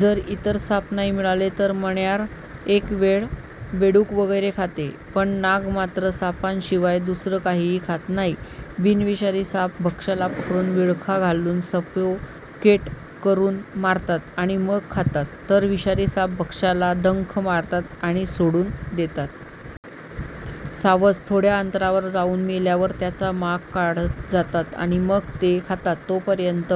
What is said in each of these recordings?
जर इतर साप नाही मिळाले तर मण्यार एकवेळ बेडूक वगैरे खाते, पण नाग मात्र सापांशिवाय दुसरं काहीही खात नाही. बिनविषारी साप भक्ष्याला पकडून, विळखा घालून सफोकेट करून मारतात आणि मग खातात, तर विषारी साप भक्ष्याला डंख मारतात आणि सोडून देतात. सावज थोड्या अंतरावर जाऊन मेल्यावर त्याचा माग काढत जातात आणि मग ते खातात. तोपर्यंत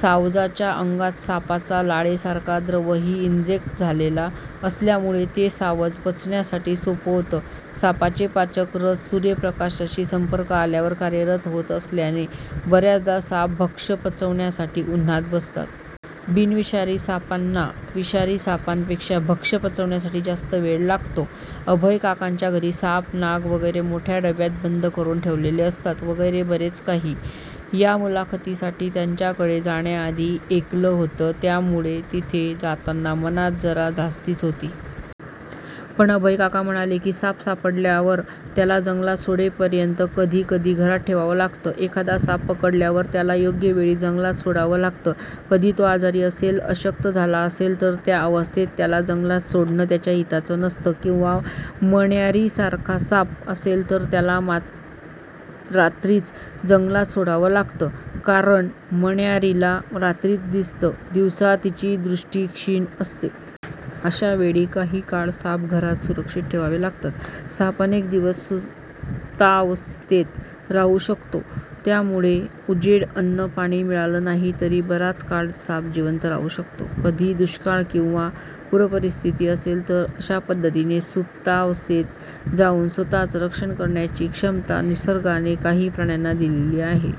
सावजाच्या अंगात सापाचा लाळेसारखा द्रवही इंजेक्ट झालेला असल्यामुळे ते सावज पचण्यासाठी सोपं होतं. सापाचे पाचक रस सूर्यप्रकाशाशी संपर्क आल्यावर कार्यरत होत असल्याने बऱ्याचदा साप भक्ष्य पचवण्यासाठी उन्हात बसतात. बिनविषारी सापांना विषारी सापांपेक्षा भक्ष्य पचवण्यासाठी जास्त वेळ लागतो. अभयकाकांच्या घरी साप, नाग वगैरे मोठ्या डब्यात बंद करून ठेवलेले असतात वगैरे बरंच काही, या मुलाखतीसाठी त्यांच्याकडे जाण्याआधी ऐकलं होतं. त्यामुळे तिथे जाताना मनात जरा धास्तीच होती. पण अभयकाका म्हणाले की साप सापडल्यावर त्याला जंगलात सोडेपर्यंत कधी कधी घरात ठेवावं लागतं. एखादा साप पकडल्यावर त्याला योग्य वेळी जंगलात सोडावं लागतं. कधी तो आजारी असेल, अशक्त झाला असेल तर त्या अवस्थेत त्याला जंगलात सोडणं त्याच्या हिताचं नसतं किंवा मण्यारीसारखा साप असेल तर त्याला रात्रीच जंगलात सोडावं लागतं; कारण मण्यारीला रात्रीच दिसतं, दिवसा तिची दृष्टी क्षीण असते. अशा वेळी काही काळ साप घरात सुरक्षित ठेवावे लागतात. साप अनेक दिवस सुप्तावस्थेत राहू शकतो, त्यामुळे उजेड, अन्न-पाणी मिळालं नाही तरी बराच काळ साप जिवंत राहू शकतो. कधी दुष्काळ किंवा पूरपरिस्थिती असेल तर अशा पद्धतीने सुप्तावस्थेत जाऊन स्वतःचं रक्षण करण्याची क्षमता निसर्गाने काही प्राण्यांना दिलेली आहे.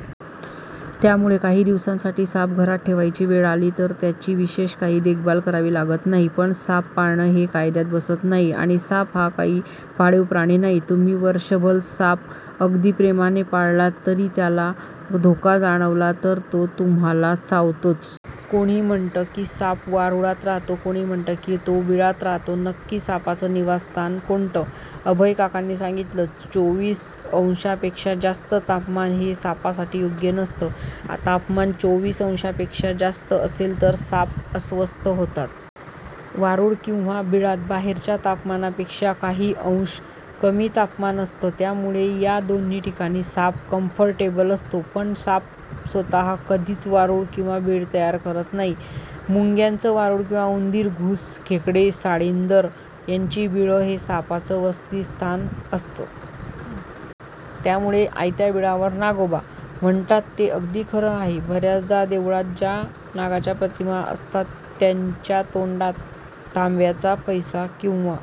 त्यामुळे काही दिवसांसाठी साप घरात ठेवायची वेळ आली तर त्याची विशेष काही देखभाल करावी लागत नाही. पण साप पाळणं हे कायद्यात बसत नाही आणि साप हा काही पाळीव प्राणी नाही. तुम्ही वर्षभर साप अगदी प्रेमाने पाळलात तरी त्याला धोका जाणवला तर तो तुम्हाला चावतोच! कोणी म्हणतं की साप वारुळात राहतो, कोणी म्हणतं की तो बिळात राहतो. नक्की सापाचं निवासस्थान कोणतं? अभयकाकांनी सांगितलं, चोवीस अंशांपेक्षा जास्त तापमान हे सापासाठी योग्य नसतं. तापमान चोवीस अंशांपेक्षा जास्त असेल तर साप अस्वस्थ होतात. वारूळ किंवा बिळात बाहेरच्या तापमानापेक्षा काही अंश कमी तापमान असतं. त्यामुळे या दोन्ही ठिकाणी साप कम्फर्टेबल असतो. पण साप स्वतः कधीच वारूळ किंवा बीळ तयार करत नाही. मुंग्यांचं वारूळ किंवा उंदीर, घूस, खेकडे, साळींदर यांची बिळं हे सापांचं वसतीस्थान असतं. त्यामुळे 'आयत्या बिळावर नागोबा' म्हणतात ते अगदी खरं आहे! बऱ्याचदा देवळात ज्या नागाच्या प्रतिमा असतात त्यांच्या तोंडात तांब्याचा पैसा किंवा